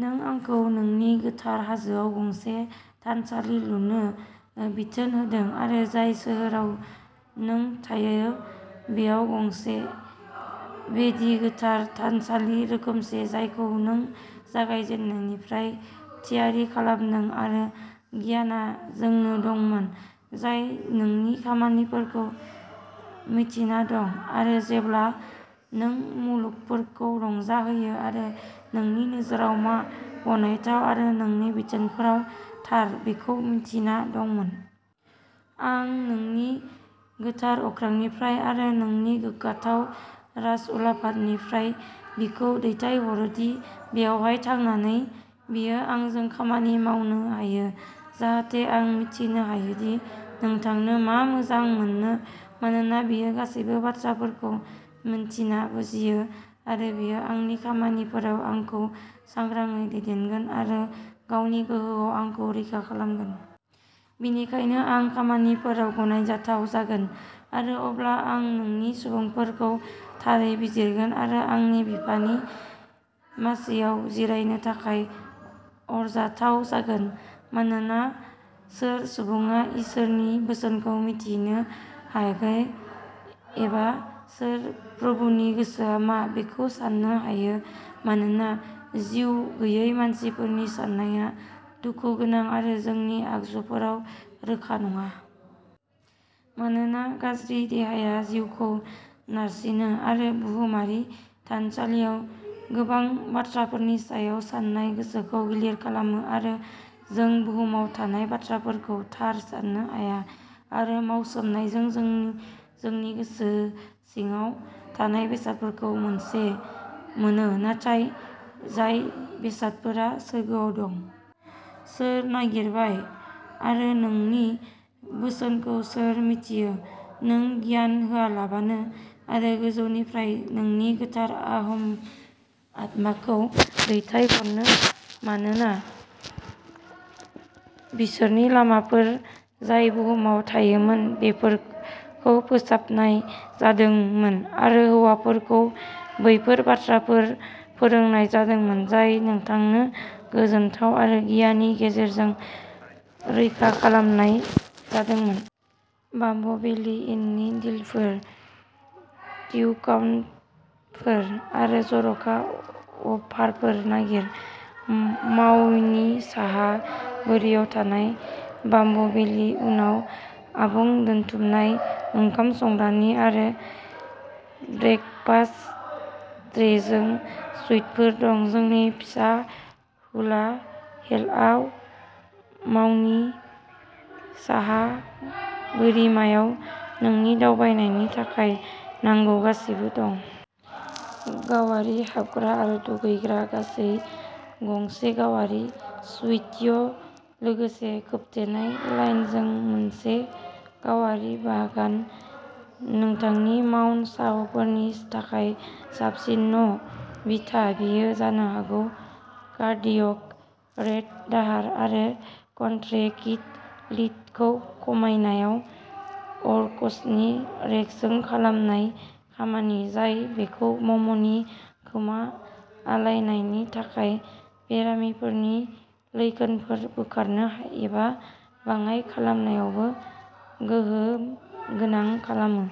नों आंखौ नोंनि गोथार हाजोआव गंसे थानसालि लुनो बिथोन होदों आरो जाय सोहोराव नों थायो बेयाव गंसे वेदी, गोथार थानसालिनि रोखोमसे, जायखौ नों जागायजेन्नायनिफ्रायनो थियारि खालामदों। आरो गियानआ नोंजों दंमोन जाय नोंनि खामानिफोरखौ मिन्थिना दं आरो जेब्ला नों मुलुगखौ रंजाहोयो आरो नोंनि नोजोराव मा गनायथाव आरो नोंनि बिथोनफोराव थार बेखौ मिन्थिना दंमोन। आ नोंनि गोथार अख्रांनिफ्राय आरो नोंनि गोग्गाथाव राजउलाफादनिफ्राय बिखौ दैथायहरदि बेवहाय थानानै बियो आंजों खामानि मावनो हायो, जाहाथे आं मिथिनो हायो दि नोंथांनो मा मोजां मोनो। मानोना बियो गासैबो बाथ्राफोरखौ मिन्थिना बुजियो आरो बियो आंनि खामानिफोराव आंखौ सांग्राङै दैदेनगोन आरो गावनि गोहोआव आंखौ रैखा खालामगोन। बेनिखायनो आंनि खामानिफोरा गनायजाथाव जागोन, आरो अब्ला आं नोंनि सुबुंफोरखौ थारै बिजिरगोन आरो आंनि बिफानि मासिआव जिरायनो थाखाय आरजाथाव जागोन। मानोना सोर सुबुङा इसोरनि बोसोनखौ मिथिनो हायो एबा सोर प्रभुनि गोसोआ मा बेखौ सान्नो हायो मानोना जिउगैयै मानसिफोरनि साननाया दुखुगोनां आरो जोंनि आगजुफोरा रोखा नङा। मानोना गाज्रि देहाया जिउखौ नारसिनो आरो बुहुमारि थानसालिया गोबां बाथ्राफोरनि सायाव सान्नाय गोसोखौ गिलिर खालामो आरो जों बुहुमाव थानाय बाथ्राफोरखौ थार सान्नो हाया, आरो मावसोमनायजों जों जोंनि सिगाङाव थानाय बेसादफोरखौ मोनोः नाथाय जाय बेसादफोरा सोरगोआव दं। सोर नागिरबाय आरो नोंनि बोसोनखौ सोर मिन्थियो, नों गियान होआलाबानो आरो गोजौनिफ्राय नोंनि गोथार आत्माखौ दैथायहरनो मानोना बिसोरनि लामाफोर जाय बुहुमाव थायोमोन बेफोरखौ फोसाबनाय जादोंमोन आरो हौवाफोरखौ बैफोर बाथ्राफोर फोरोंनाय जादोंमोन जाय नोंथांनो गोजोनथाव आरो गियाननि गेजेरजों रैखा खालामनाय जादोंमोन। बाम्ब'भेलि इननि डिलफोर, डिस्काउन्टफोर आरो जर'खा अफारफोर नागिर। माउयनि साहा बोरियाव थानाय, बाम्ब'भेलि इनआव आबुं दोनथुमनाय ओंखाम संग्रानि आरो ब्रेकफास्ट ट्रेजों सुइटफोर दं। जोंनि फिसा हुला हेलआव माउनि साहा बोरिमायाव नोंनि दावबायनायनि थाखाय नांगौ गासैबो दं। गावारि हाबग्रा आरो दुगैग्रा गंसे गावारि स्टुडिय', लोगोसे खोबथेनाय लानाइजों मोनसे गावारि बागान। नोंथांनि माउइ साहसफोरनि थाखाय साबसिन न'- बिथा, बेयो जानो हागौ कार्डियेक रेट दाहार आरो कन्ट्रेक्टिलिटिखौ खमायनायाव औरक्सनि रेजें खालामनाय खामानि, जाय बेखौ ममनि खोमा आलायना थानाय बेरामिफोरनि लैखोनफोरखौ बोखारनो एबा बाङाइ खालामनायावबो गोहोम गोनां खालामो।